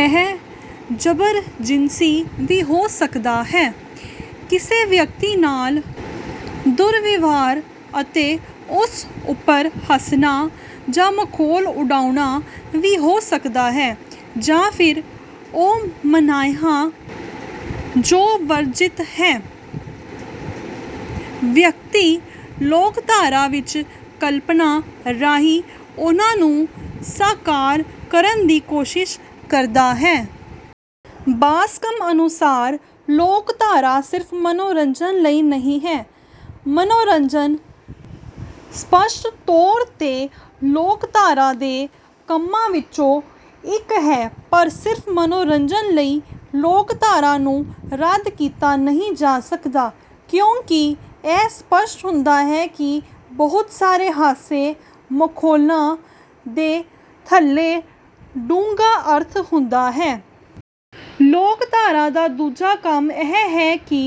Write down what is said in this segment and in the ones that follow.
ਇਹ ਜ਼ਬਰ ਜਿਨਸੀ ਵੀ ਹੋ ਸਕਦਾ ਹੈ, ਕਿਸੇ ਵਿਅਕਤੀ ਨਾਲ ਦੁਰਵਿਵਹਾਰ ਅਤੇ ਉਸ ਉਪਰ ਹੱਸਣਾ ਜਾਂ ਮਖੌਲ ਉਡਾਉਣਾ ਵੀ ਹੋ ਸਕਦਾ ਹੈ, ਜਾਂ ਫਿਰ ਉਹ ਮਨਾਹੀਆਂ ਜੋ ਵਰਜਿਤ ਹਨ। ਵਿਅਕਤੀ ਲੋਕਧਾਰਾ ਵਿੱਚ ਕਲਪਨਾ ਰਾਹੀਂ ਇਹਨਾਂ ਨੂੰ ਸਾਕਾਰ ਕਰਨ ਦੀ ਕੋਸ਼ਿਸ਼ ਕਰਦਾ ਹੈ। ਬਾਸਕਮ ਅਨੁਸਾਰ ਲੋਕਧਾਰਾ ਸਿਰਫ ਮਨੋਰੰਜਨ ਲਈ ਨਹੀਂ ਹੈ। ਮਨੋਰੰਜਨ ਸਪੱਸ਼ਟ ਤੌਰ ਤੇ ਲੋਕਧਾਰਾ ਦੇ ਕੰਮਾਂ ਵਿੱਚੋਂ ਇੱਕ ਹੈ ਪਰ ਸਿਰਫ ਮਨੋਰੰਜਨ ਲਈ ਲੋਕਧਾਰਾ ਨੂੰ ਰੱਦ ਨਹੀਂ ਕੀਤਾ ਜਾ ਸਕਦਾ। ਕਿਉਂਕਿ ਇਹ ਸਪੱਸ਼ਟ ਹੁੰਦਾ ਹੈ ਕਿ ਬਹੁਤ ਸਾਰੇ ਹਾਸੇ ਮਖੌਲਾਂ ਦੇ ਥੱਲੇ ਡੂੰਘਾ ਅਰਥ ਹੁੰਦਾ ਹੈ। ਲੋਕਧਾਰਾ ਦਾ ਦੂਜਾ ਕੰਮ ਇਹ ਹੈ ਕਿ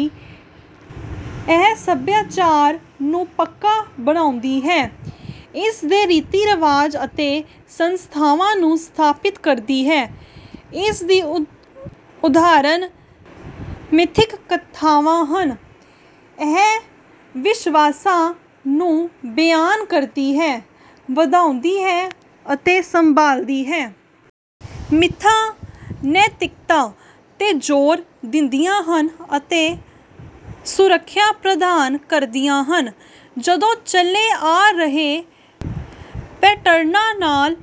ਇਹ ਸਭਿਆਚਾਰ ਨੂੰ ਪੱਕਾ ਬਣਾਉਂਦੀ ਹੈ, ਇਸਦੇ ਰੀਤੀ ਰਿਵਾਜਾਂ ਅਤੇ ਸੰਸਥਾਵਾਂ ਨੂੰ ਸਥਾਪਿਤ ਕਰਦੀ ਹੈ। ਇਸਦੀ ਉਦਾਹਰਣ ਮਿਥਿਕ ਕਥਾਵਾਂ ਹਨ। ਇਹ ਵਿਸ਼ਵਾਸਾਂ ਨੂੰ ਬਿਆਨ ਕਰਦੀ ਹੈ, ਵਧਾਉਂਦੀ ਹੈ ਅਤੇ ਸੰਭਾਲਦੀ ਹੈ। ਮਿਥਾਂ ਨੈਤਿਕਤਾ ਤੇ ਜ਼ੋਰ ਦਿੰਦੀਆਂ ਹਨ ਅਤੇ ਸੁਰੱਖਿਆ ਪ੍ਰਦਾਨ ਕਰਦੀਆਂ ਹਨ। ਜਦੋਂ ਚਲੇ ਆ ਰਹੇ ਪੈਟਰਨਾਂ ਨਾਲ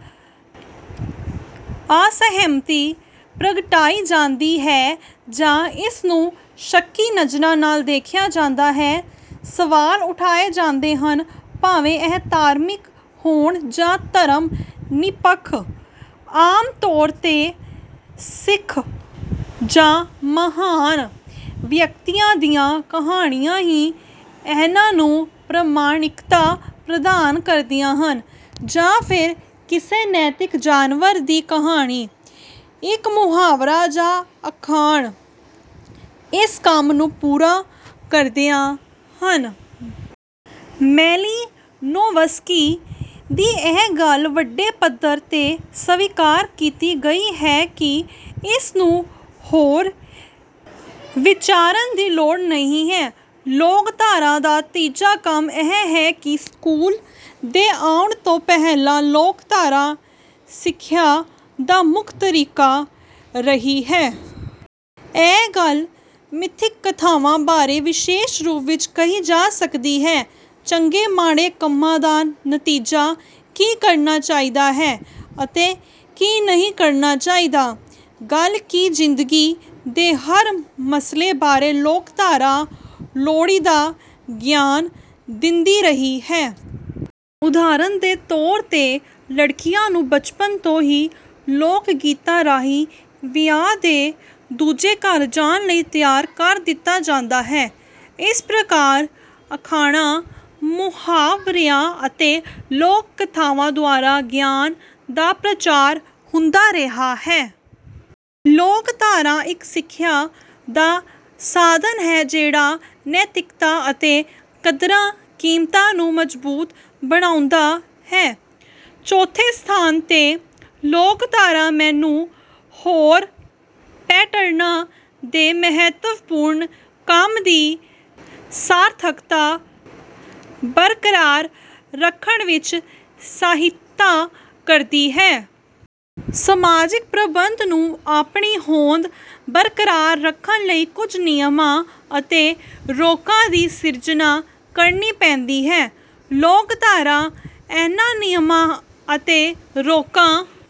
ਅਸਹਿਮਤੀ ਪ੍ਰਗਟਾਈ ਜਾਂਦੀ ਹੈ ਜਾਂ ਇਸਨੂੰ ਸ਼ੱਕੀ ਨਜ਼ਰਾਂ ਨਾਲ ਦੇਖਿਆ ਜਾਂਦਾ ਹੈ, ਸਵਾਲ ਉਠਾਏ ਜਾਂਦੇ ਹਨ, ਭਾਵੇਂ ਇਹ ਧਾਰਮਿਕ ਹੋਣ ਜਾਂ ਧਰਮ ਨਿਰਪੱਖ, ਆਮ ਤੌਰ ਤੇ ਮਿੱਥ ਜਾਂ ਮਹਾਨ ਵਿਅਕਤੀਆਂ ਦੀਆਂ ਕਹਾਣੀਆਂ ਹੀ ਇਹਨਾਂ ਨੂੰ ਪ੍ਰਮਾਣਿਕਤਾ ਪ੍ਰਦਾਨ ਕਰਦੀਆਂ ਹਨ ਜਾਂ ਫਿਰ ਕਿਸੇ ਨੈਤਿਕ ਜਾਨਵਰ ਦੀ ਕਹਾਣੀ, ਇੱਕ ਮੁਹਾਵਰਾ ਜਾਂ ਅਖਾਣ, ਇਸ ਕੰਮ ਨੂੰ ਪੂਰਾ ਕਰਦੀਆਂ ਹਨ। ਮੈਲੀਨੋਵਸਕੀ ਦੀ ਇਹ ਗੱਲ ਵੱਡੇ ਪੱਧਰ ਤੇ ਸਵੀਕਾਰ ਕੀਤੀ ਗਈ ਹੈ ਕਿ ਇਸਨੂੰ ਹੋਰ ਵਿਚਾਰਨ ਦੀ ਲੋੜ ਨਹੀਂ ਹੈ। ਲੋਕਧਾਰਾ ਦਾ ਤੀਜਾ ਕੰਮ ਇਹ ਹੈ ਕਿ ਸਕੂਲ ਦੇ ਆਉਣ ਤੋਂ ਪਹਿਲਾਂ, ਲੋਕਧਾਰਾ ਸਿੱਖਿਆ ਦਾ ਮੁੱਖ ਤਰੀਕਾ ਰਹੀ ਹੈ। ਇਹ ਗੱਲ ਮਿਥਿਕ ਕਥਾਵਾਂ ਬਾਰੇ ਵਿਸ਼ੇਸ਼ ਰੂਪ ਵਿੱਚ ਕਹੀ ਜਾ ਸਕਦੀ ਹੈ। ਚੰਗੇ ਮਾੜੇ ਕੰਮਾਂ ਦਾ ਨਤੀਜਾ, ਕੀ ਕਰਨਾ ਚਾਹੀਦਾ ਹੈ ਅਤੇ ਕੀ ਨਹੀਂ ਕਰਨਾ ਚਾਹੀਦਾ। ਗੱਲ ਕੀ ਜ਼ਿੰਦਗੀ ਦੇ ਹਰ ਮਸਲੇ ਬਾਰੇ ਲੋਕਧਾਰਾ ਲੋੜੀਂਦਾ ਗਿਆਨ ਦਿੰਦੀ ਰਹੀ ਹੈ। ਉਦਾਹਰਣ ਦੇ ਤੌਰ ਤੇ ਲੜਕੀਆਂ ਨੂੰ ਬਚਪਨ ਤੋਂ ਹੀ ਲੋਕ ਗੀਤਾਂ ਰਾਹੀਂ ਵਿਆਹ ਕੇ ਦੂਜੇ ਘਰ ਜਾਣ ਲਈ ਤਿਆਰ ਕਰ ਦਿੱਤਾ ਜਾਂਦਾ ਹੈ। ਇਸ ਪ੍ਰਕਾਰ ਅਖਾਣਾਂ, ਮੁਹਾਵਰਿਆਂ ਅਤੇ ਲੋਕ ਕਥਾਵਾਂ ਦੁਆਰਾ ਗਿਆਨ ਦਾ ਪ੍ਰਚਾਰ ਹੁੰਦਾ ਰਿਹਾ ਹੈ। ਲੋਕਧਾਰਾ ਇੱਕ ਸਿੱਖਿਆ ਦਾ ਸਾਧਨ ਹੈ ਜਿਹੜਾ ਨੈਤਿਕਤਾ ਅਤੇ ਕਦਰਾਂ ਕੀਮਤਾਂ ਨੂੰ ਮਜ਼ਬੂਤ ਬਣਾਉਂਦਾ ਹੈ। ਚੌਥੇ ਸਥਾਨ ਤੇ ਲੋਕਧਾਰਾ ਮੰਨੇ ਹੋਏ ਪੈਟਰਨਾਂ ਦੇ ਮਹੱਤਵਪੂਰਨ ਕੰਮ ਦੀ ਸਾਰਥਕਤਾ ਬਰਕਰਾਰ ਰੱਖਣ ਵਿੱਚ ਸਹਾਇਤਾ ਕਰਦੀ ਹੈ। ਸਮਾਜਿਕ ਪ੍ਰਬੰਧ ਨੂੰ ਆਪਣੀ ਹੋਂਦ ਬਰਕਰਾਰ ਰੱਖਣ ਲਈ ਕੁਝ ਨਿਯਮਾਂ ਅਤੇ ਰੋਕਾਂ ਦੀ ਸਿਰਜਣਾ ਕਰਨੀ ਪੈਂਦੀ ਹੈ। ਲੋਕਧਾਰਾ ਇਹਨਾਂ ਨਿਯਮਾਂ ਅਤੇ ਰੋਕਾਂ